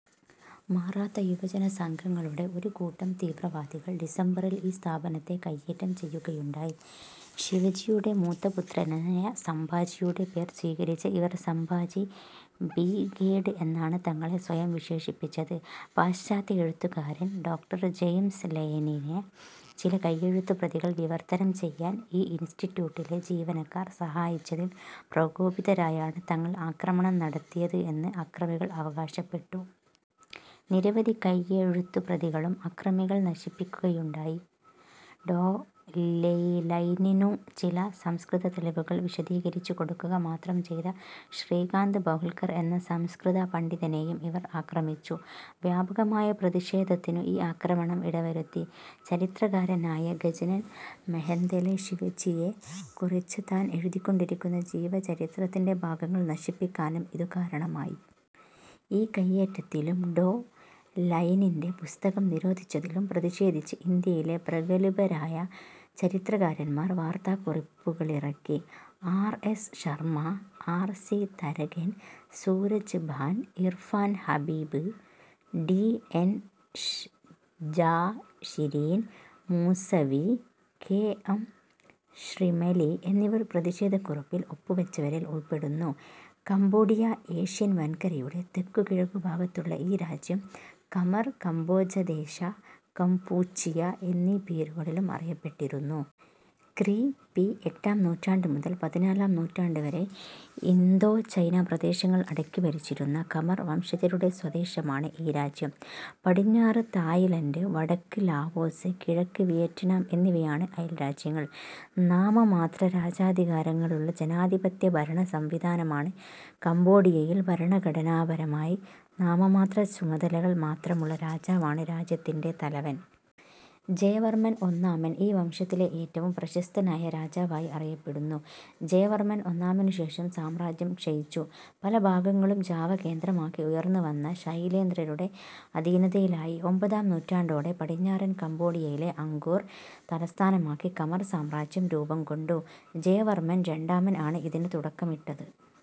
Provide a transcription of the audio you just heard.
മറാത്ത യുവജന സംഘങ്ങളുടെ ഒരു കൂട്ടം തീവ്രവാദികൾ ഡിസംബറിൽ ഈ സ്ഥാപനത്തെ കൈയ്യേറ്റം ചെയ്യുകയുണ്ടായി. ശിവജിയുടെ മൂത്തപുത്രനായ സംബാജിയുടെ പേർ സ്വീകരിച്ച ഇവർ സംബാജി ബ്രിഗേഡ് എന്നാണ് തങ്ങളെ സ്വയം വിശേഷിപ്പിച്ചത്. പാശ്ചാത്യ എഴുത്തുകാരൻ ഡോ. ജൈംസ് ലയനിനെ ചില കൈയ്യെഴുത്തുപ്രതികൾ വിവർത്തനം ചെയ്യാൻ ഈ ഇൻസ്റ്റിറ്റ്യൂട്ടിലെ ജീവനക്കാർ സഹായിച്ചതിൽ പ്രകോപിതരായാണ് തങ്ങൾ അക്രമണം നടത്തിയത് എന്ന് അക്രമികൾ അവകാശപ്പെട്ടു. നിരവധി കൈയ്യെഴുത്തു പ്രതികളും അക്രമികൾ നശിപ്പിക്കുകയുണ്ടായി. ഡോ. ലയ്നിനു് ചില സംസ്കൃത തെളിവുകൾ വിശദീകരിച്ചു കൊടുക്കുക മാത്രം ചെയ്ത ശ്രീകാന്ത് ബഹുൽകർ എന്ന സംസ്കൃത പണ്ഡിതനെയും ഇവർ അക്രമിച്ചു. വ്യാപകമായ പ്രതിഷേധത്തിനു ഈ ആക്രമണം ഇടവരുത്തി. ചരിത്രകാരനായ ഗജനൻ മെഹെന്തലെ, ശിവജിയെ കുറിച്ചു താൻ എഴുതിക്കൊണ്ടിരിക്കുന്ന ജീവചരിത്രത്തിന്റെ ഭാഗങ്ങൾ നശിപ്പിക്കാനും ഇതു കാരണമായി.. ഈ കൈയേറ്റത്തിലും ഡോ. ലയ്നിന്റെ പുസ്തകം നിരോധിച്ചതിലും പ്രതിഷേധിച്ച് ഇന്ത്യയിലെ പ്രഗല്ഭരായ ചരിത്രകാരന്മാർ വാർത്താകുറിപ്പുകളിറക്കി. R. S. Sharma, R. C. Tharakan, Suraj Bhan, Irfan Habib, D. N. Jha, Shireen Moosvi, K. M. Shrimali എന്നിവർ പ്രതിഷേധക്കുറിപ്പിൽ ഒപ്പുവെച്ചവരിൽ ഉൾപ്പെടുന്നു. കംബോഡിയ ഏഷ്യൻ വൻകരയുടെ തെക്കുകിഴക്കു ഭാഗത്തുള്ള ഈ രാജ്യം ഖമർ, കംബോജദേശ, കംപൂച്ചിയ എന്നീപേരുകളിലും അറിയപ്പെട്ടിരുന്നു. ക്രി. പി. എട്ടാം നൂറ്റാണ്ടുമുതൽ പതിനാലാം നൂറ്റാണ്ടുവരെ ഇന്തോ-ചൈന പ്രദേശങ്ങൾ അടക്കി ഭരിച്ചിരുന്ന ഖമർ വംശജരുടെ സ്വദേശമാണ് ഈ രാജ്യം. പടിഞ്ഞാറ് തായ്ലൻഡ്, വടക്ക് ലാവോസ്, കിഴക്ക് വിയറ്റ്നാം എന്നിവയാണ് അയൽ രാജ്യങ്ങൾ. നാമമാത്ര രാജാധികാരങ്ങളുള്ള ജനാധിപത്യ ഭരണ സംവിധാനമാണ് കമ്പോഡിയയിൽ. ഭരണഘടനാപരമായി നാമമാത്ര ചുമതലകൾ മാത്രമുള്ള രാജാവാണ് രാജ്യത്തിന്റെ തലവൻ. ജയവർമ്മൻ ഒന്നാമൻ ഈ വംശത്തിലെ ഏറ്റവും പ്രശസ്തനായ രാജാവായി അറിയപ്പെടുന്നു. ജയവർമ്മൻ ഒന്നാമനു ശേഷം സാമ്രാജ്യം ക്ഷയിച്ചു, പല ഭാഗങ്ങളും ജാവ കേന്ദ്രമാക്കി ഉയർന്നു വന്ന ശൈലേന്ദ്രരുടെ അധീനതയിലായി. ഒമ്പതാം നൂറ്റാണ്ടോടെ പടിഞ്ഞാറൻ കംബോഡിയയിലെ അങ്കോർ തലസ്ഥാനമാക്കി ഖമർ സാമ്രാജ്യം രൂപം കൊണ്ടു. ജയവർമ്മൻ രണ്ടാമൻ ആണ് ഇതിനു തുടക്കമിട്ടത്.